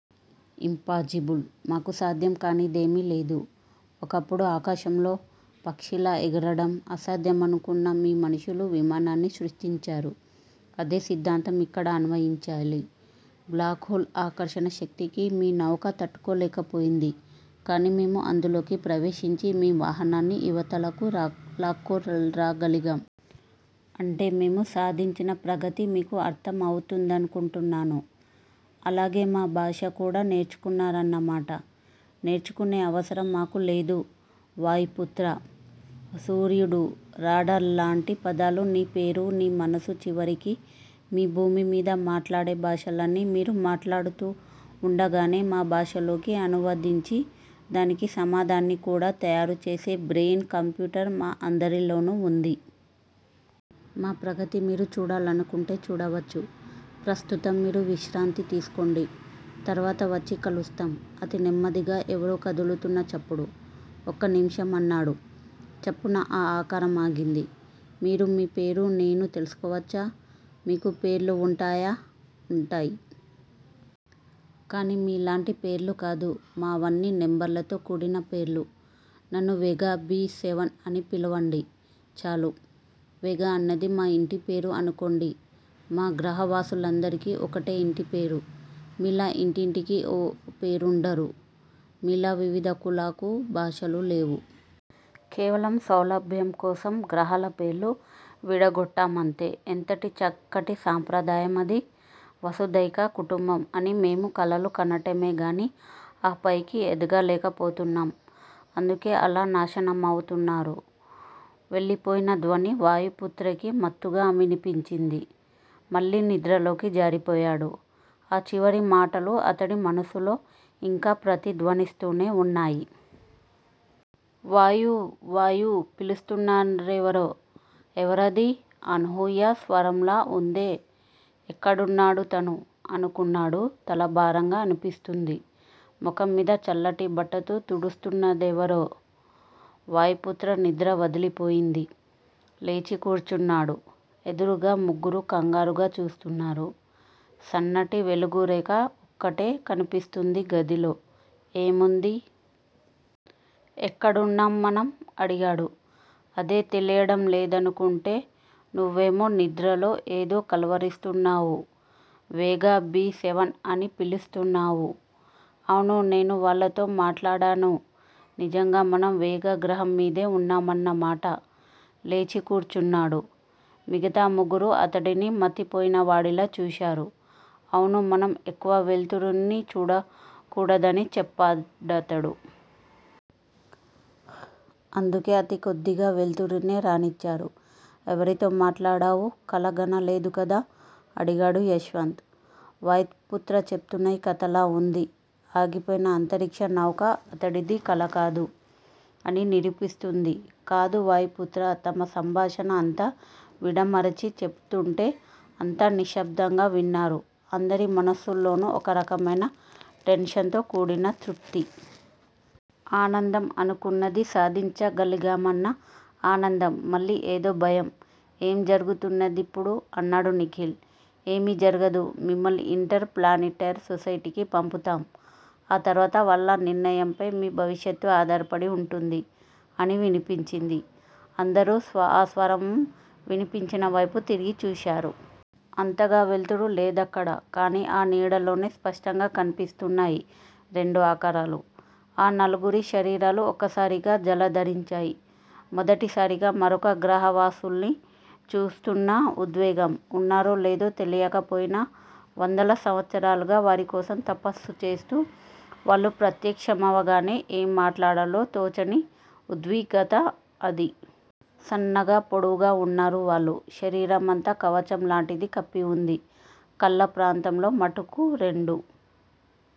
Impossible. మాకు సాధ్యం కానిదేమీ లేదు. ఒకప్పుడు ఆకాశంలో పక్షిలా ఎగరడం అసాధ్యమనుకున్న మీ మనుష్యులు విమానాన్ని సృష్టించారు. అదే సిద్దాంతం ఇక్కడ అన్వయించాలి. బ్లాక్ హోల్ ఆకర్షణ శక్తికి మీ నౌక తట్టుకోలేకపోయింది. కాని మేము అందులోకి ప్రవేశించి మీ వాహనాన్ని యివతలకు లాక్కురాగాలిగాం. అంటే మేము సాధించిన ప్రగతి మీకు అర్థం అవుతుందనుకుంటాను. అలాగే మా భాష కూడా నేర్చుకున్నారన్నమాట. నేర్చుకునే అవసరం మాకు లేదు వాయుపుత్రా. సూర్యుడు, రాడార్ లాటి పదాలు, నీ పేరు, నీ మనసు చివరికి మీ భూమి మీద మాట్లాడే భాషలన్నీ మీరు మాట్లాడుతూవుండగానే మా భాషలోకి అనువదించి దానికి సమాధానాన్ని కూడా తయారుచేసే బ్రెయిన్ కంప్యూటర్ మా అందరిలోనూ వుంది. మా ప్రగతి మీరు చూడాలనుకుంటే చూడవచ్చు. ప్రస్తుతం మీరు విశ్రాంతి తీసుకోండి. తర్వాత వచ్చి కలుస్తాం- అతి నెమ్మదిగా ఎవరో కదులుతున్న చప్పుడు. ఒక్క నిముషం అన్నాడు. చప్పున ఆ ఆకారం ఆగింది. మీరు మీ పేరు నేను తెలుసుకోవచ్చా? మీకు పేర్లు వుంటాయా? ఉంటాయి. కాని మీలాంటి పేర్లు కాదు. మావన్నీ నెంబర్లతో కూడిన పేర్లు. నన్ను వేగా బి సెవెన్ అని పిలవండి చాలు. వేగా అన్నది మా ఇంటిపేరు అనుకోండి. మా గ్రహవాసులందరికీ ఒకటే యింటి పేరు. మీలా ఇంటింటికీ ఓ పేరుండరు. మీలా వివిధ కులాకు, భాషలు లేవు. కేవలం సౌలభ్యం కోసం గ్రహాల పేర్లు విడగొట్టామంతే. ఎంత చక్కటి సాంప్రదాయం అది. వసుదైక కుటుంబం అని మేము కలలు కనటమేగాని ఆ పైకి ఎదగలేకపోతున్నాం. అందుకే అలా నాశనమవుతున్నారు వెళ్ళిపోయిన ధ్వని వాయుపుత్రకి మత్తుగా వినిపించింది. మళ్లీ నిద్రలోకి జారిపోయాడు. ఆ చివరి మాటలు అతడి మనసులో యింకా ప్రతిధ్వనిస్తూనే వున్నాయి. వాయూ, వాయూ పిలుస్తున్నారెవరో. ఎవరది? అనూహ్య స్వరంలా వుందే ఎక్కడున్నాడు తను? ' అనుకున్నాడు తల భారంగా అనిపిస్తుంది. ముఖంమీద చల్లటి బట్టతో తుడుస్తున్నారెవరో. వాయుపుత్ర నిద్ర వదిలిపోయింది. లేచి కూర్చున్నాడు. ఎదురుగా ముగ్గురూ కంగారుగా చూస్తున్నారు. సన్నటి వెలుగురేఖ ఒక్కటే కనిపిస్తుంది గదిలో, ఏముంది. ఎక్కడున్నాం మనం? అడిగాడు. అదే తెలియడం లేదనుకుంటే, నువ్వేమో నిద్రలో ఏదో కలవరిస్తూన్నావు. వేగా బి సెవెన్ అని పిలుస్తున్నావు. అవును నేను వాళ్ళతో మాట్లాడాను. నిజంగా మనం వేగా గ్రహంమీదే వున్నామన్నమాట లేచి కూర్చున్నాడు. మిగతా ముగ్గురూ అతడిని మతిపోయినవాడిలా చూశారు. అవును మనం ఎక్కువ వెలుతురుని చూడకూడదని చెప్పాడతడు. అందుకే అతి కొద్దిగా వెలుతురునే రానిచ్చారు. ఎవరితో మాట్లాడావు? కలగనలేదుకదా? అడిగాడు యశ్వంత్. వాయుపుత్ర చెపుతున్నది కథలా వుంది. ఆగిపోయిన అంతరిక్ష నౌక అతడిది కలకాదు- అని నిరూపిస్తూంది. కాదు వాయుపుత్ర తమ సంభాషణ అంతా విడమరచి చెపుతుంటే అంతా నిశ్భబ్దంగా విన్నారు. అందరి మనసుల్లోనూ ఒక రకమైన టెన్షన్ తో కూడిన తృప్తి. ఆనందం! అనుకున్నది సాధించగలిగామన్న ఆనందం. మళ్ళీ ఏదో భయం. ఏం జరుగుతున్నదిప్పుడు? అన్నాడు నిఖిల్. ఏమి జరగదు. మిమ్మల్ని ఇంటర్ ప్లానెటరీ సొసైటీకీ పంపుతాం. ఆ తర్వాత వాళ్ళ నిర్ణయంపై మీ భవిష్యత్తు ఆధారపడి వుంటుంది అని వినిపించింది. అందరూ ఆ స్వరం వినిపించినవైపు తిరిగి చూశారు. అంతగా వెలుతురు లేదక్కడ. కానీ ఆ నీడలోనే స్పష్టంగా కనిపిస్తున్నాయి రెండు ఆకారాలు. ఆ నలుగురి శరీరాలు ఒక్కసారిగా జలదరించాయి. మొదటిసారిగా మరొక గ్రహవాసుల్ని చూస్తున్న ఉద్వేగం!! ఉన్నారో లేదో తెలియక పోయినా, వందల సంవత్సరాలుగా వారికోసం 'తపస్సు' చేస్తూ, వాళ్ళు ప్రత్యక్షమవగానే ఏం మాట్లాడాలో తోచని ఉద్విగ్నత అది. సన్నగా పొడవుగా వున్నారు వాళ్ళు. శరీరమంతా కవచం లాంటిది కప్పి వుంది. కళ్ళ ప్రాంతంలో మటుకు రెండు